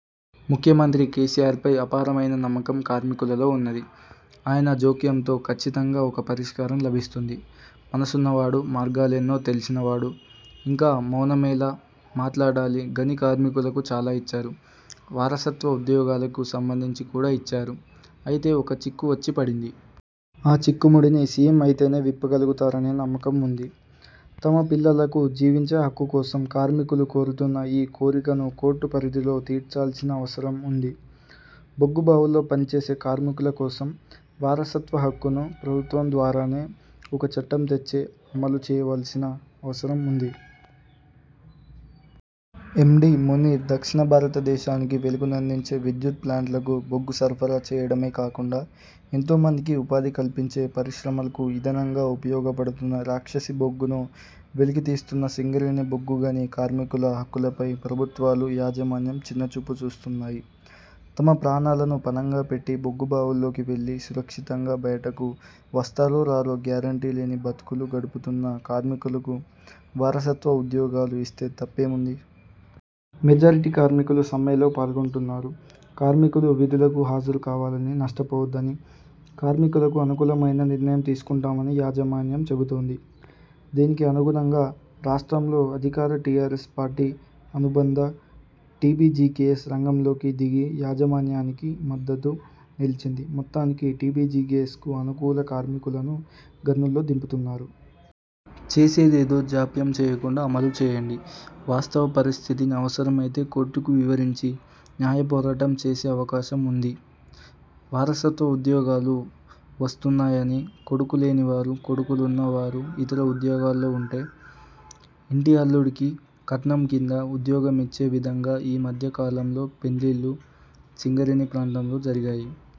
ముఖ్యమంత్రి కేసీఆర్పై అపారమైన నమ్మకం కార్మికులలో ఉన్నది. ఆయన జోక్యంతో ఖచ్చితంగా ఒక పరిష్కారం లభిస్తుంది. మనసున్నవాడు మార్గాలెన్నో తెలిసిన వాడు, ఇంకా మౌనమేలా? మాట్లాడాలి. గని కార్మికులకు చాలా ఇచ్చారు. వారసత్వ ఉద్యోగాలకు సంబంధించి కూడా ఇచ్చారు. అయితే ఒక చిక్కు వచ్చి పడింది. ఆ చిక్కుముడిని సీఎం అయితేనే విప్పగలుగుతారనే నమ్మకం ఉంది. తమ పిల్లలకు జీవించే హక్కు కోసం కార్మికులు కోరుతున్న ఈ కోరికను కోర్టు పరిధిలో తీర్చాల్సిన అవసరం ఉంది. బొగ్గుబావుల్లో పనిచేసే కార్మికుల కోసం వారసత్వ హక్కును ప్రభుత్వం ద్వారానే ఒక చట్టం తెచ్చి అమలుచేయాల్సిన అవసరం ఉంది. ఎండీ. మునీర్ దక్షిణ భారతదేశానికి వెలుగునందించే విద్యుత్ ప్లాంట్లకు బొగ్గు సరఫరా చేయడమే కాకుండా, ఎంతో మందికి ఉపాధి కల్పించే పరిశ్రమలకు ఇంధనంగా ఉపయోగపడుతున్న రాక్షసి బొగ్గును వెలికితీస్తున్న సింగరేణి బొగ్గుగని కార్మికుల హక్కులపై ప్రభుత్వాలు, యాజమాన్యం చిన్నచూపు చూస్తున్నాయి. తమ ప్రాణాలను పణంగా పెట్టి బొగ్గుబావుల్లోకి వెళ్ళి సురక్షితంగా బయటకు వస్తారో రారో గ్యారంటీ లేని బతుకులు గడుపుతున్న కార్మికులకు వారసత్వ ఉద్యోగాలు ఇస్తే తప్పేముంది? మెజారిటీ కార్మికులు సమ్మెలో పాల్గొంటున్నారు. కార్మికులు విధులకు హాజరు కావాలని, నష్టపోవద్దని, కార్మికులకు అనుకూలమైన నిర్ణయం తీసుకుంటామని యాజ మాన్యం చెబుతోంది. దీనికి అనుగుణంగా రాష్ట్రంలో అధికార టీఆర్ఎస్ పార్టీ అనుబంధ టీబీజీకేఎస్ రంగంలోకి దిగి యాజమాన్యానికి మద్దతుగా నిలిచింది. మొత్తానికి టీబీజీకేఎస్కు అనుకూల కార్మికులను గనుల్లో దింపుతున్నారు. చేసేదేదో జాప్యం చేయకుండా అమలు చేయండి. వాస్తవ పరిస్థితిని అవసరమైతే కోర్టుకు వివరించి న్యాయపోరాటం చేసే అవకాశం ఉంది. వారసత్వ ఉద్యోగాలు వస్తున్నాయని కొడుకులు లేని వారు, కొడుకులున్నా వారు ఇతర ఉద్యోగాల్లో ఉంటే, ఇంటి అల్లుడికి కట్నం కింద ఉద్యోగమిచ్చే విధంగా ఈ మధ్యకాలంలో పెండ్లిళ్ళు సింగరేణి ప్రాంతంలో జరిగాయి.